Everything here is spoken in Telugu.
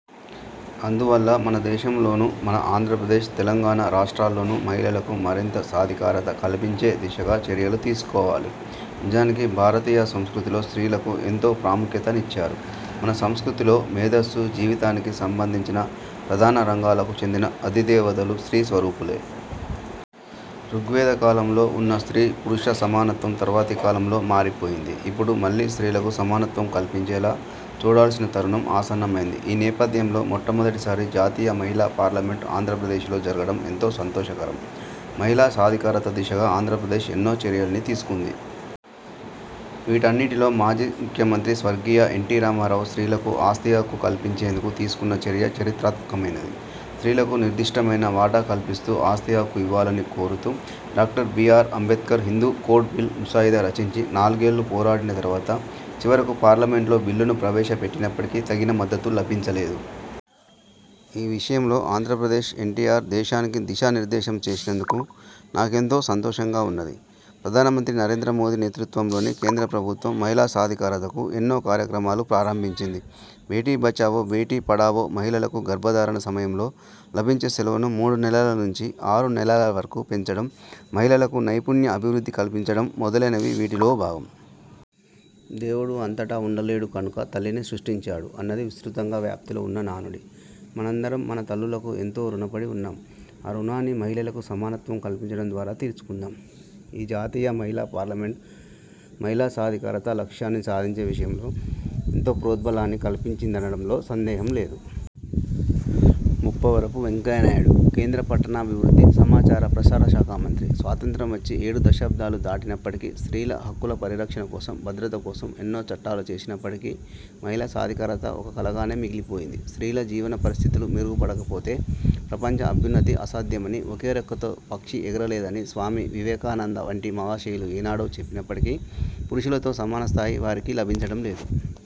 అందువల్ల మన దేశంలోనూ, మన ఆంధ్రప్రదేశ్, తెలంగాణ రాష్ట్రాల్లోనూ మహిళలకు మరింత సాధికారత కల్పించే దిశగా చర్యలు తీసుకోవాలి. నిజానికి భారతీయ సంస్కృతిలో స్త్రీలకు ఎంతో ప్రాముఖ్యత నిచ్చారు. మన సంస్కృతిలో మేధస్సు, జీవితానికి సంబంధించిన ప్రధాన రంగాలకు చెందిన అధి దేవతలు స్త్రీ స్వరూపులే. రుగ్వేద కాలంలో ఉన్న స్త్రీ పురుష సమానత్వం తర్వాతి కాలంలో మారిపోయింది. ఇప్పుడు మళ్లీ స్త్రీలకు సమానత్వం కల్పించేలా చూడాల్సిన తరుణం ఆసన్నమైంది. ఈ నేపథ్యంలో మొట్టమొదటిసారి జాతీయ మహిళా పార్లమెంట్ ఆంధ్రప్రదేశ్లో జరగడం ఎంతో సంతోషకరం. మహిళా సాధికారత దిశగా ఆంధ్రప్రదేశ్ ఎన్నో చర్యల్ని తీసుకుంది. వీటన్నిటిలో మాజీ ముఖ్యమంత్రి స్వర్గీయ ఎన్ టి రామారావు స్త్రీలకు ఆస్తి హక్కు కల్పించేందుకు తీసుకున్న చర్య చరిత్రాత్మకమైనది. స్త్రీలకు నిర్దిష్టమైన వాటా కల్పిస్తూ ఆస్తి హక్కు ఇవ్వాలని కోరుతూ డా. B. R. Ambedkar Hindu code bill ముసాయిదా రచించి నాలుగేళ్లు పోరాడిన తర్వాత చివరకు పార్లమెంట్లో బిల్లును ప్రవేశపెట్టినప్పటికీ తగిన మద్దతు లభించలేదు. ఈ విషయంలో ఆంధ్రప్రదేశ్, ఎన్టీఆర్ దేశానికి దిశానిర్దేశం చేసినందుకు నాకెంతో సంతోషంగా ఉన్నది. ప్రధానమంత్రి నరేంద్రమోదీ నేతృత్వంలోని కేంద్ర ప్రభుత్వం మహిళా సాధికారతకు ఎన్నో కార్యక్రమాలు ప్రారంభించింది. 'బేటీ బచావో– బేటీ పడావో', మహిళలకు గర్భధారణ సమయంలో లభించే సెలవును మూడు నెలల నుంచి ఆరు నెలల వరకు పెంచడం, మహిళలకు నైపుణ్య అభివృద్ధి కల్పించడం మొదలైనవి వీటిలో భాగం. 'దేవుడు అంతటా ఉండలేడు కనుక తల్లిని సృష్టించాడు' అన్నది విస్తృతంగా వ్యాప్తిలో ఉన్న నానుడి. మనందరం మన తల్లులకు ఎంతో రుణపడి ఉన్నాం. ఆ రుణాన్ని మహిళలకు సమానత్వం కల్పించడం ద్వారా తీర్చుకుందాం. ఈ జాతీయ మహిళా పార్లమెంట్ మహిళా సాధికారత లక్ష్యాన్ని సాధించే విషయంలో ఎంతో ప్రోద్బలాన్ని కల్పించిందనడంలో సందేహం లేదు. ముప్పవరపు వెంకయ్యనాయుడుకేంద్ర పట్టణాభివృద్ధి, సమాచార ప్రసార శాఖ మంత్రి స్వాతంత్ర్యం వచ్చి ఏడు దశాబ్దాలు దాటినప్పటికీ, స్త్రీల హక్కుల పరిరక్షణ కోసం, భద్రత కోసం ఎన్నో చట్టాలు చేసినప్పటికీ మహిళా సాధికారత ఒక కలగానే మిగిలిపోయింది. స్త్రీల జీవన పరిస్థితులు మెరుగుపడకపోతే ప్రపంచ అభ్యున్నతి అసాధ్యమని, ఒకే రెక్కతో పక్షి ఎగరలేదని స్వామి వివేకానంద వంటి మహాశయులు ఏనాడో చెప్పినప్పటికీ, పురుషులతో సమాన స్థాయి వారికి లభించడం లేదు.